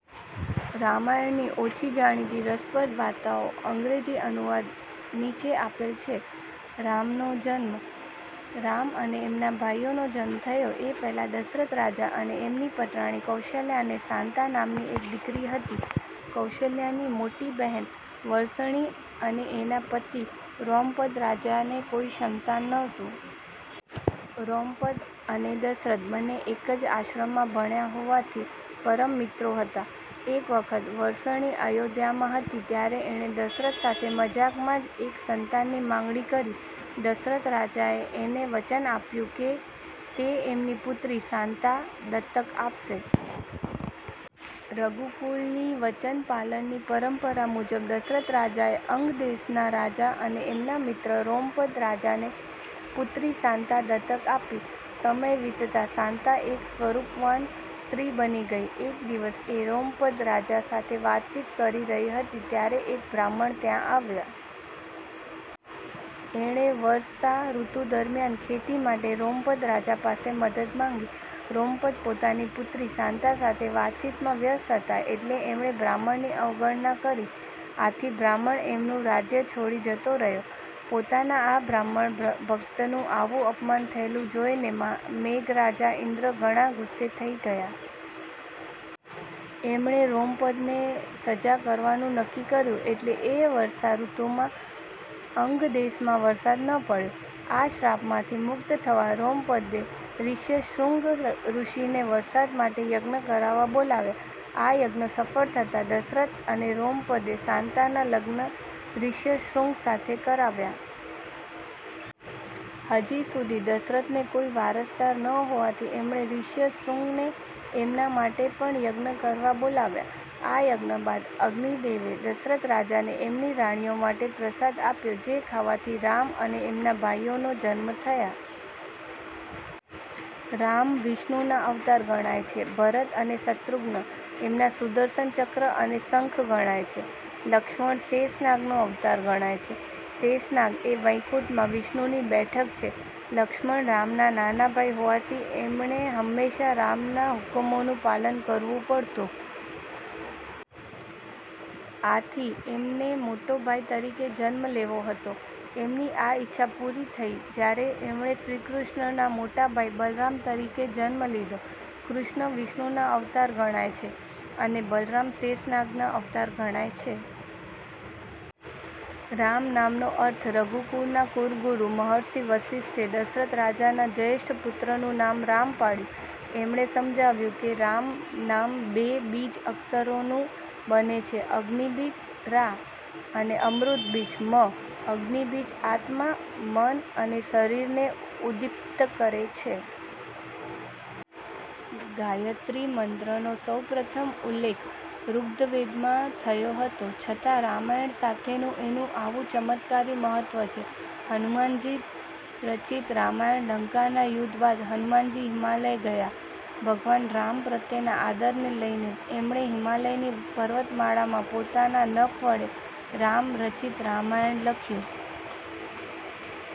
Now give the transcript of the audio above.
રામાયણની ઓછી જાણીતી રસપ્રદ વાર્તાઓ અંગ્રેજી અનુવાદ નીચે આપેલ છે રામનો જન્મ રામ અને એમના ભાઈઓનો જન્મ થયો એ પહેલાં દશરથ રાજા અને એમની પટરાણી કૌશલ્યાને શાંતા નામની એક દીકરી હતી. કૌશલ્યાની મોટી બહેન વર્ષિણી અને એના પતિ રોમપદ રાજાને કોઈ સંતાન નહોતું. રોમપદ અને દશરથ બંને એક જ આશ્રમમાં ભણ્યા હોવાથી પરમ મિત્રો હતા. એક વખત વર્ષિણી અયોધ્યામાં હતી ત્યારે એણે દશરથ સાથે મજાકમાં જ એક સંતાનની માંગણી કરી. દશરથ રાજાએ એને વચન આપ્યું કે તે એમની પુત્રી શાંતા દત્તક આપશે. રઘુકુળની વચન પાલનની પરંપરા મુજબ દશરથ રાજાએ અંગદેશના રાજા અને એમના મિત્ર રોમપદ રાજાને પુત્રી શાંતા દત્તક આપી. સમય વીતતાં શાંતા એક સ્વરૂપવાન સ્ત્રી બની ગઈ. એક દિવસ એ રોમપદ રાજા સાથે વાતચીત કરી રહી હતી ત્યારે એક બ્રાહ્મણ ત્યાં આવ્યો. એણે વર્ષા ઋતુ દરમ્યાન ખેતી માટે રોમપદ રાજા પાસે મદદ માંગી. રોમપદ પોતાની પુત્રી શાંતા સાથે વાતચીતમાં વ્યસ્ત હતા એટલે એમણે બ્રાહ્મણની અવગણના કરી. આથી બ્રાહ્મણ એમનું રાજય છોડી જતો રહ્યો. પોતાના આ બ્રાહ્મણ ભકતનું આવું અપમાન થયેલું જોઇને મેઘરાજ ઇન્દ્ર ઘણા ગુસ્સે થઇ ગયા. એમણે રોમપદને સજા કરવાનું નક્કી કર્યું એટલે એ વર્ષા ઋતુમાં અંગદેશમાં વરસાદ ન પડ્યો. આ શ્રાપમાંથી મુકત થવા રોમપદે રિશ્યશ્રુંગ ઋષિને વરસાદ માટે યજ્ઞ કરવા બોલાવ્યા. આ યજ્ઞ સફળ થતાં, દશરથ અને રોમપદે શાંતાના લગ્ન રિશ્યશ્રુંગ સાથે કરાવ્યાં. હજી સુધી દશરથને કોઈ વારસદાર ન હોવાથી એમણે રિશ્યશ્રુંગને એમના માટે પણ યજ્ઞ કરવા બોલાવ્યા. આ યજ્ઞ બાદ અગ્નિ દેવે દશરથ રાજાને એમની રાણીઓ માટે પ્રસાદ આપ્યો જે ખાવાથી રામ અને એમના ભાઈઓના જન્મ થયા. રામ વિષ્ણુના અવતાર ગણાય છે. ભરત અને શત્રુઘ્ન એમના સુદર્શન ચક્ર અને શંખ ગણાય છે. લક્ષ્મણ શેષનાગનો અવતાર ગણાય છે. શેષનાગ એ વૈકુંઠમાં વિષ્ણુની બેઠક છે. લક્ષ્મણ રામના નાના ભાઈ હોવાથી એમને હંમેશાં રામના હુકમોનું પાલન કરવું પડતું. આથી એમને મોટા ભાઈ તરીકે જન્મ લેવો હતો. એમની આ ઈચ્છા પૂરી થઇ જયારે એમણે શ્રીકૃષ્ણના મોટા ભાઈ બલરામ તરીકે જન્મ લીધો. કૃષ્ણ વિષ્ણુના અવતાર ગણાય છે અને બલરામ શેષનાગના અવતાર ગણાય છે. રામ નામનો અર્થ રઘુકુળના કુળગુરૂ મહર્ષિ વશિષ્ઠે દશરથ રાજાના જયેષ્ઠ પુત્રનું નામ રામ પાડ્યું. એમણે સમજાવ્યું કે 'રામ' નામ બે બીજ અક્ષરનું બને છે અગ્નિ બીજ 'રા' અને અમૃત બીજ 'મ'. અગ્નિ બીજ આત્મા, મન અને શરીરને ઉદ્દીપ્ત કરે છે. ગાયત્રી મંત્રનો સૌપ્રથમ ઉલ્લેખ ઋગ્વેદમાં થયો હતો છતાં રામાયણ સાથેનું એનું આવું ચમત્કારી મહત્વ છે. હનુમાનજી રચિત રામાયણ લંકાના યુદ્ધ બાદ હનુમાનજી હિમાલય ગયા. ભગવાન રામ પ્રત્યેના આદરને લઈને એમણે હિમાલયની પર્વતમાળામાં પોતાના નખ વડે રામ ચરિત રામાયણ લખ્યું.